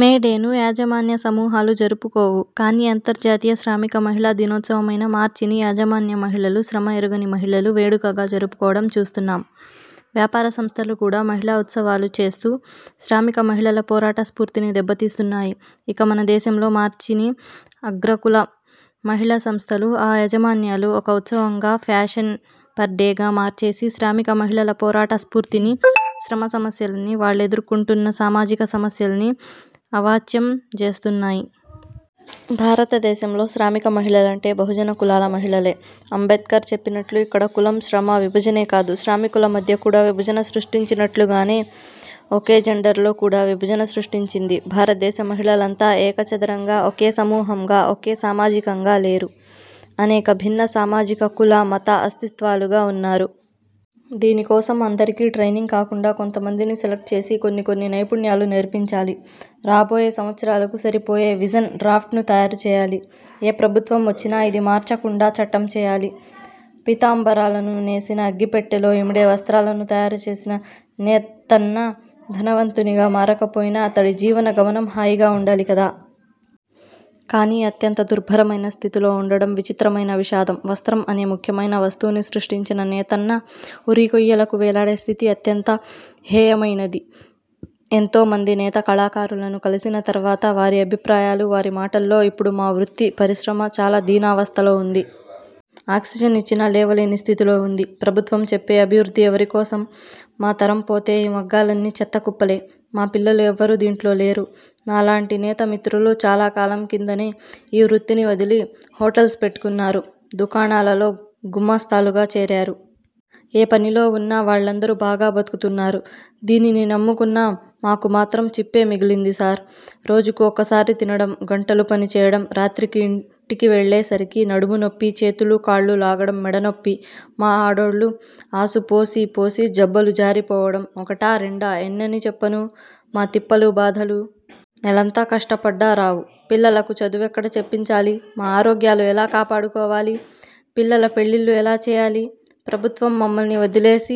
మే డేను యాజ మాన్య సమూహాలు జరుపుకోవు. కానీ అంతర్జాతీయ శ్రామిక మహిళా దినోత్సవమైన మార్చి ని యాజమాన్య మహిళలు, శ్రమ ఎరుగని మహిళలు వేడుకగా జరుపుకోవడం చూస్తున్నాం. వ్యాపార సంస్థలు కూడా మహిళా ఉత్సవాలు చేస్తూ శ్రామిక మహిళల పోరాట స్ఫూర్తిని దెబ్బతీస్తున్నాయి. ఇక మన దేశంలో మార్చి ని అగ్రకుల మహిళా సంస్థలు, ఆ యాజమాన్యాలు ఒక ఉత్సవంగా, ఫ్యాషన్ పరేడ్గా మార్చేసి శ్రామిక మహిళల పోరాట స్ఫూర్తిని, శ్రమ సమస్యల్ని, వాళ్లెదుర్కుంటున్న సామాజిక సమస్యల్ని అవాచ్యం జేస్తున్నాయి. భారతదేశంలో శ్రామిక మహిళలంటే బహుజన కులాల మహిళలే. అంబేడ్కర్ చెప్పినట్లు ఇక్కడ కులం శ్రమ విభజనే కాదు, శ్రామికుల మధ్య కూడా విభజన సృష్టించినట్లుగానే ఒకే జెండర్లో కూడా విభజన సృష్టించింది. భారతదేశ మహిళలంతా ఏక చదరంగా, ఒకే సమూహంగా, ఒకే సామాజికంగా లేరు. అనేక భిన్న సామాజిక కుల, మత అస్తిత్వాలుగా వున్నారు. దీనికోసం అందరికీ ట్రైనింగ్ కాకుండా కొంతమందిని సెలక్ట్ చేసి కొన్ని కొన్ని నైపుణ్యాలు నేర్పించాలి. రాబోయే సంవత్సరాలకు సరిపోయే విజన్ డ్రాఫ్ట్ను తయారు చెయ్యాలి. ఏ ప్రభుత్వం వచ్చినా ఇది మార్చకుండా చట్టం చెయ్యాలి. పీతాంబరాలను నేసిన, అగ్గిపెట్టెలో ఇమిడే వస్ర్తాలను తయారు చేసిన నేతన్న ధనవంతునిగా మారకపోయినా అతడి జీవన గమనం హాయిగా ఉండాలి కదా! కానీ అత్యంత దుర్భరమైన స్థితిలో ఉండడం విచిత్రమైన విషాదం. 'వస్త్రం' అనే ముఖ్యమైన వస్తువుని సృష్టించిన 'నేతన్న', 'ఉరి'కొయ్యలకు వేలాడే స్థితి అత్యంత హేయమయినది. ఎంతో మంది నేత కళాకారులను కలిసిన తర్వాత, వారి అభిప్రాయాలు వారి మాటల్లో– ఇప్పుడు మా 'వృత్తి' పరిశ్రమ చాలా దీనావస్థలో వుంది. ''ఆక్సిజన్ ఇచ్చినా లేవలేని స్థితిలో వుంది. ప్రభుత్వం చెప్పే అభివృద్ధి ఎవరి కోసం మాతరం పోతే ఈ మగ్గాలన్నీ చెత్తకుప్పలే. మా పిల్లలు ఎవ్వరూ దీంట్లో లేరు. ' నాలాంటి 'నేత' మిత్రులు చాలాకాలం కిందనే ఈ వృత్తిని వదిలి హోటల్స్ పెట్టుకున్నారు. దుకాణాలలో గుమస్తాలుగా చేరారు. ఏ పనిలో వున్నా వాళ్ళందరూ బాగా బతుకుతున్నారు. దీనిని నమ్ముకున్న మాకు మాత్రం 'చిప్పే' మిగిలింది సార్! రోజుకు ఒక్కసారి తినడం గంటలు పనిచేయడం రాత్రికి ఇంటికి వెళ్ళేసరికి నడుము నొప్పి, చేతులు కాళ్ళు లాగడం మెడ నొప్పి మా ఆడోళ్ళు ఆసు పోసి పోసి జబ్బలు జారిపోవడం ఒకటా, రెండా ఎన్నని చెప్పను మా తిప్పలు, బాధలు. నెలంతా కష్టపడ్డా రావు. పిల్లలకు చదువెక్కడ చెప్పించాలి. మా ఆరోగ్యాలు ఎలా కాపాడుకోవాలి. పిల్లల పెళ్ళిళ్లు ఎలా చెయ్యాలి. ప్రభుత్వం మమ్మల్ని వదిలేసి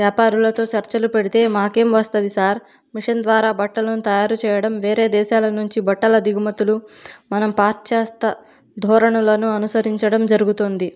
వ్యాపారులతో చర్చలు పెడితే మాకేం వస్తది సార్! మిషన్ ద్వారా బట్టలను తయారు చేయడం, వేరే దేశాల నుంచి బట్టల దిగుమతులు, మనం పాశ్చాత్య ధోరణులను అనుసరించడం జరుగుతోంది.